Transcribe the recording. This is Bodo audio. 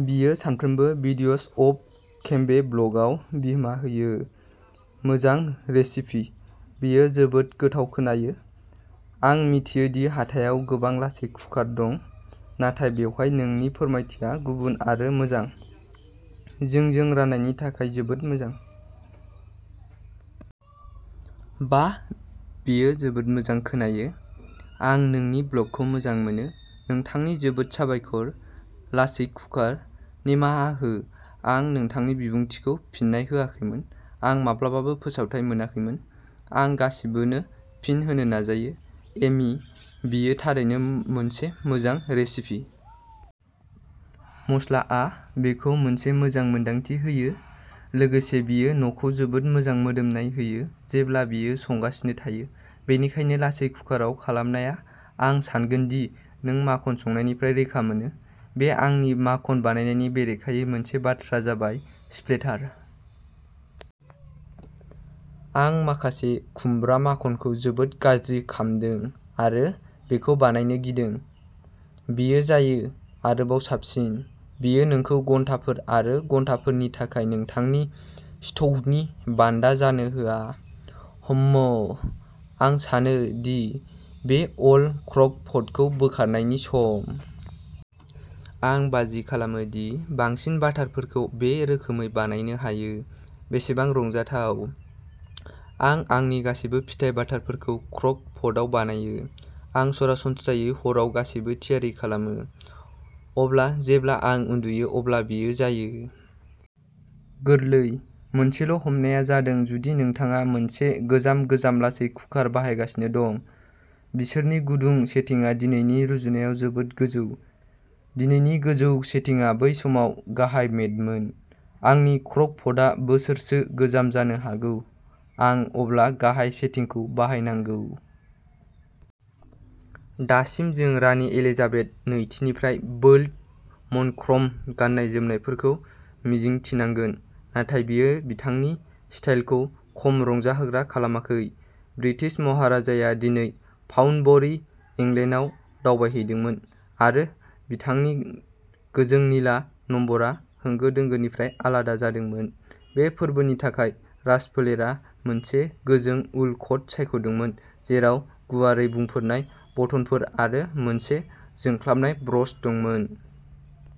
बियो सानफ्रोमबो बीड्स अफ केम्बे ब्लगआव बिहोमा होयो। मोजां रेसिपि! बेयो जोबोद गोथाव खोनायो। आं मिथियो दि हाथायाव गोबां लासै कुकार दं, नाथाय बेवहाय नोंनि फोरमायथिया गुबुन आरो मोजां। जोंजों राननायनि थाखाय जोबोद मोजां! बाह, बेयो जोबोद मोजां खोनायो! आं नोंनि ब्लगखौ मोजां मोनो! नोंथांनो जोबोद साबायखर! लासै कुकार, निमाहा हो, आं नोंथांनि बिबुंथिखौ फिननाय होआखैमोन, आं माब्लाबाबो फोसावथाइ मोनाखैमोन! आं गासिबोनो फिन होनो नाजायो!: एमी, बेयो थारैनो मोनसे मोजां रेसिपि!! मस्लाआ बेखौ मोनसे मोजां मोनदांथि होयो, लोगोसे बेयो न'खौ जोबोद मोजां मोदोमनाय होयो जेब्ला बेयो संगासिनो थायो! बेनिखायनो लासै कुकाराव खालामनाया-आं सानगोन दि नों माखन संनायनिफ्राय रैखा मोनो? बे आंनि माखन बानायनायनि बेरेखायै मोनसे बाथ्रा जाबाय स्प्लेटार। आं माखासे खुमब्रा माखनखौ जोबोद गाज्रि खामदों आरो बेखौ बानायनो गिदों। बेयो जायो! आरोबाव साबसिन! बेयो नोंखौ घन्टाफोर आरो घन्टाफोरनि थाखाय नोंथांनि स्ट'वनि बान्दा जानो होआ!!! हम्म, आं सानो दि बे'अल क्र'क पट'खौ बोखारनायनि सम! आं बाजि खालामो दि बांसिन बाटारफोरखौ बे रोखोमै बानायनो हायो। बेसेबां रंजाथाव!!!! आं आंनि गासैबो फिथाइ बाटारफोरखौ क्र'क पटआव बानायो! आं सरासनस्रायै हराव गासैबो थियारि खालामो, अब्ला जेब्ला आं उन्दुयो अब्ला बेयो जायो! गोरलै! मोनसेल'हमनाया जादों जुदि नोंथाङा मोनसे गोजाम/गोजाम लासै कुकार बाहायगासिनो दं। बिसोरनि गुदुं सेटिंआ दिनैनि रुजुनायाव जोबोद गोजौ। दिनैनि गोजौ सेटिंआ बै समाव गाहाय-मेडमोन! आंनि क्र'क पटआ बोसोरसो गोजाम-जानो हागौ आं अब्ला गाहाय सेटिंखौ बाहायनांगौ? दासिम जों रानि एलिजाबेथ नैथिनिफ्राय बोल्ड मन'क्र'म गाननाय-जोमनायफोरखौ मिजिंथिनांगोन, नाथाय बेयो बिथांनि स्टाइलखौ खम रंजाहोग्रा खालामाखै। ब्रिटिश महाराजाया दिनै पाउन्डबरी, इंलेन्डआव दावबायहैदोंमोन, आरो बिथांनि गोजों निला नम्बरआ होंगो-दोंगोनिफ्राय आलादा जादोंमोन। बे फोरबोनि थाखाय, राजफोलेरा मोनसे गोजों उल कट सायख'दोंमोन जेराव गुवारै बुंफोरनाय बटनफोर आरो मोनसे जोंख्लाबनाय ब्र'च दंमोन।